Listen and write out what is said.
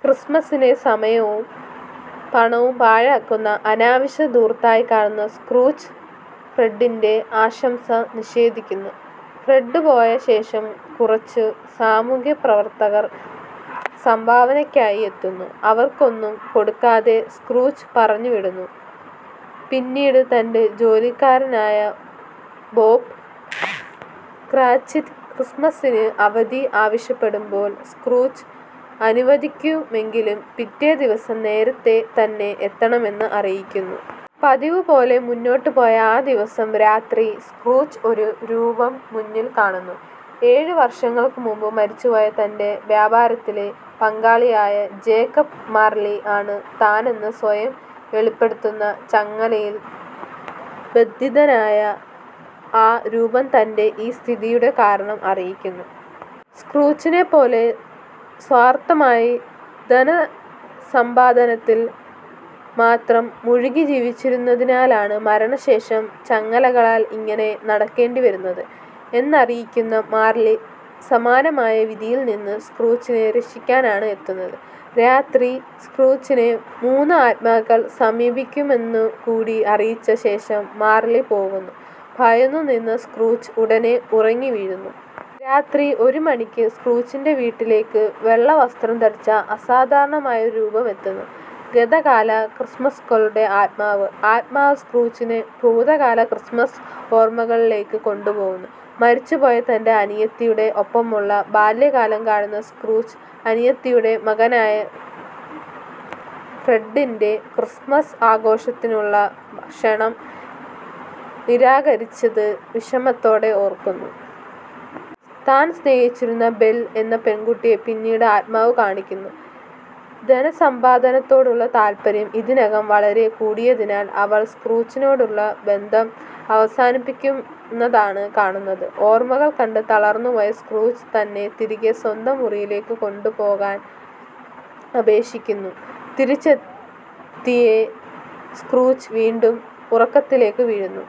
ക്രിസ്മസിനെ സമയവും പണവും പാഴാക്കുന്ന അനാവശ്യ ധൂർത്തായി കാണുന്ന സ്ക്രൂജ് ഫ്രഡിന്റെ ആശംസ നിഷേധിക്കുന്നു. ഫ്രെഡ് പോയ ശേഷം കുറച്ചു സാമൂഹ്യപ്രവർത്തകർ സംഭാവനയ്കായി എത്തുന്നു. അവർക്ക് ഒന്നും കൊടുക്കാതെ സ്ക്രൂജ് പറഞ്ഞുവിടുന്നു. പിന്നീട് തന്റെ ജോലിക്കാരനായ ബോബ് ക്റാചിറ്റ് ക്രിസ്മസിന് അവധി ആവശ്യപ്പെടുമ്പോൾ സ്ക്രൂജ് അനുവദിക്കുമെങ്കിലും പിറ്റേ ദിവസം നേരത്തെ തന്നെ എത്തണമെന്ന് അറിയിക്കുന്നു. പതിവ് പോലെ മുന്നോട്ടു പോയ ആ ദിവസം രാത്രി സ്ക്രൂജ് ഒരു രൂപം മുന്നിൽ കാണുന്നു. ഏഴ് വർഷങ്ങൾക്കുമുൻപ് മരിച്ചുപോയ തന്റെ വ്യാപാരത്തിലെ പങ്കാളിയായ ജേക്കബ് മാർലി ആണ് താനെന്ന് സ്വയം വെളിപ്പെടുത്തുന്ന ചങ്ങലയിൽ ബന്ധിതനായ ആ രൂപം തൻ്റെ ഈ സ്ഥിതിയുടെ കാരണം അറിയിക്കുന്നു. സ്ക്രൂജിനെപ്പോലെ സ്വാർത്ഥമായി ധനസമ്പാദനത്തിൽ മാത്രം മുഴുകി ജീവിച്ചിരുന്നതിനാലാണ് മരണശേഷം ചങ്ങലകളാൽ ഇങ്ങനെ നടക്കേണ്ടി വരുന്നത് എന്നറിയിക്കുന്ന മാർലി സമാനമായ വിധിയിൽ നിന്നും സ്ക്രൂജിനെ രക്ഷിക്കാനാണ് എത്തുന്നത്. രാത്രി സ്ക്രൂജിനെ മൂന്ന് ആത്മാക്കൾ സമീപിക്കുമെന്നുകൂടി അറിയിച്ച ശേഷം മാർലി പോകുന്നു. ഭയന്നുനിന്ന സ്ക്രൂജ് ഉടനേ ഉറങ്ങി വീഴുന്നു. രാത്രി ഒരു മണിയ്ക്ക് സ്ക്രൂജിന്റെ വീട്ടിലേക്ക് വെള്ളവസ്ത്രം ധരിച്ച അസാധാരണമായ രൂപം എത്തുന്നു. ഗതകാല ക്രിസ്മസുകളുടെ ആത്മാവ്. ആത്മാവ് സ്ക്രൂജിനെ ഭൂതകാല ക്രിസ്മസ് ഓർമകളിലേക്ക് കൊണ്ടുപോകുന്നു. മരിച്ചുപോയ തൻ്റെ അനിയത്തിയുടെ ഒപ്പമുള്ള ബാല്യകാലം കാണുന്ന സ്ക്രൂജ് അനിയത്തിയുടെ മകനായ ഫ്രെഡിന്റെ ക്രിസ്മസ് ആഘോഷത്തിനുള്ള ക്ഷണം നിരാകരിച്ചത് വിഷമത്തോടെ ഓർക്കുന്നു. താൻ സ്നേഹിച്ചിരുന്ന ബെൽ എന്ന പെൺകുട്ടിയെ പിന്നീട് ആത്മാവ് കാണിക്കുന്നു. ധനസമ്പാദനത്തോടുള്ള താല്പര്യം ഇതിനകം വളരെ കൂടിയതിനാൽ അവൾ സ്ക്രൂജിനോടുള്ള ബന്ധം അവസാനിപ്പിക്കുന്നതാണ് കാണുന്നത്. ഓർമ്മകൾ കണ്ട് തളർന്നുപോയ സ്ക്രൂജ് തന്നെ തിരികെ സ്വന്തം മുറിയിലേക്ക് കൊണ്ടുപോകാൻ അപേക്ഷിക്കിന്നു. തിരിച്ചെത്തിയെ സ്ക്രൂജ് വീണ്ടും ഉറക്കത്തിലേക്ക് വീഴുന്നു.